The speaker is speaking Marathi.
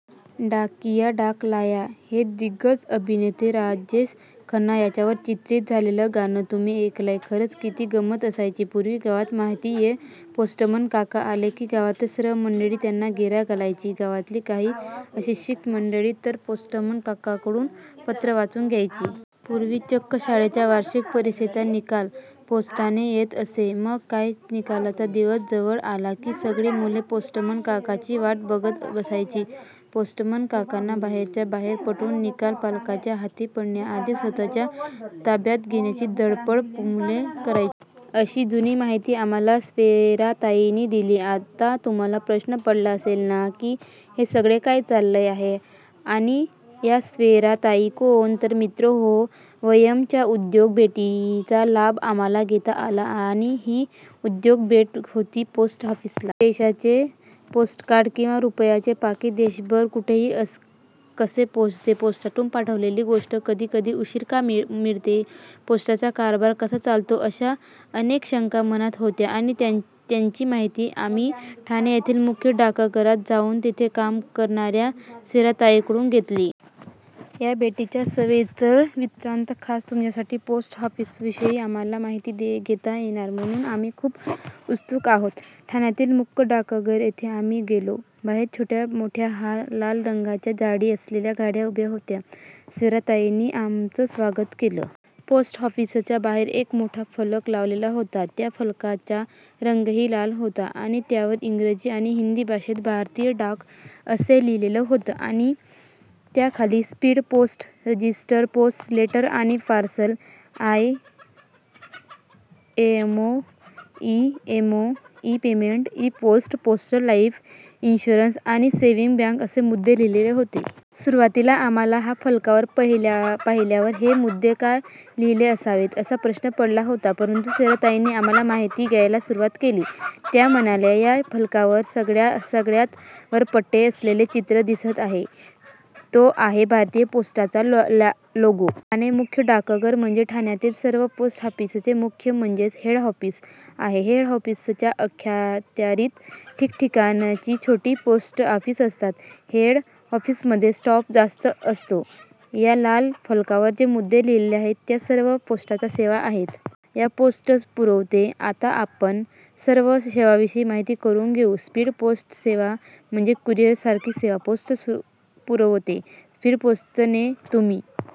डाकिया डाक लाया... ' हे दिग्गज अभिनेते राजेश खन्ना यांच्यावर चित्रित झालेलं गाणं तुम्ही ऐकलय? खरंच किती गंमत असायची पूर्वी गावात माहितीये? पोस्टमन काका आले की गावातील सर्व मंडळी त्यांना घेरा घालायची. गावातील काही अशिक्षित मंडळी तर पोस्टमन काकांकडून पत्र वाचून घ्यायची. पूर्वी चक्क शाळेच्या वार्षिक परीक्षेचा निकाल पोस्टाने येत असे. मग काय, निकालाचा दिवस जवळ आला की, सगळी मुले पोस्टमन काकांची वाट बघत बसायची. पोस्टमन काकांना बाहेरच्या बाहेर पटवून निकाल पालकांच्या हाती पडण्याआधी स्वतःच्या ताब्यात घेण्याची धडपड मुले करायची.... अशी जुनी माहिती आम्हांला सिक्वेरा ताईनी दिली. आता तुम्हांला प्रश्न पडला असेल ना, की हे सगळं काय चाललं आहे आणि या सिक्वेरा ताई कोण? तर मित्रहो, 'वयम्'च्या उद्योग भेटीचा लाभ आम्हांला घेता आला आणि ही उद्योग भेट होती पोस्ट ऑफिसला. पैशांचे पोस्टकार्ड किंवा रुपयांचे पाकीट देशभर कुठेही कसे पोचते, पोस्टातून पाठवलेली गोष्ट कधी कधी उशिरा का मिळते, पोस्टाचा कारभार कसा चालतो- अशा अनेक शंका मनात होत्या आणि त्याची माहिती आम्ही ठाणे येथील मुख्य डाकघरात जाऊन तिथे काम करणाऱ्या सिक्वेरा ताईंकडून घेतली. या भेटीचा सविस्तर वृत्तान्त खास तुमच्यासाठी... पोस्ट ऑफिसविषयी आम्हांला माहिती घेता येणार म्हणून आम्ही खूप उत्सुक होतो. ठाण्यातील मुख्य डाकघर येथे आम्ही गेलो. बाहेर छोट्या-मोठ्या लाल रंगाच्या जाळी असलेल्या गाड्या उभ्या होत्या. सिक्वेरा ताईनी आमचं स्वागत केलं. पोस्ट ऑफिसच्या बाहेर एक मोठा फलक लावलेला होता. त्या फलकाचा रंगही लाल होता आणि त्यावर इंगजी आणि हिंदी भाषेत 'भारतीय डाक', '' असं लिहिलेलं होतं आणि त्याखाली speed post, register post, letter आणि parcel, IMO, E- MO, e payment, e post, postal life insurance आणि सेव्हिंग बँक असे मुद्दे लिहलेले होते. सुरुवातीला आम्हांला हा फलक पाहिल्यावर हे मुद्दे का लिहले असावेत, असा प्रश्न पडला होता. परंतु सिक्वेरा ताईनी आम्हांला माहिती द्यायला सुरुवात केली. त्या म्हणाल्या, "या फलकाच्या सगळ्यात वर पट्टे असलेलं चित्र दिसतं आहे, तो आहे भारतीय पोस्टाचा लोगो! ठाणे मुख्य डाकघर म्हणजे हे ठाण्यातील सर्व पोस्ट ऑफिसचे मुख्य म्हणजेच हेड ऑफिस आहे. हेड ऑफिसच्या अख्यात्यारीत ठीकाठीकाणची छोटी पोस्ट ऑफिस असतात. हेड ऑफिसमध्ये स्टाफ जास्त असतो. या लाल फलकावर जे मुद्दे लिहिले आहेत, त्या सर्व पोस्टाच्या सेवा आहेत. या सेवा पोस्ट पुरवते. आता आपण या सर्व सेवांविषयी माहिती करुन घेऊ. स्पीड पोस्ट सेवा म्हणजे कुरियर सारखी सेवा पोस्ट पुरवते. स्पीड पोस्ट ने तुम्ही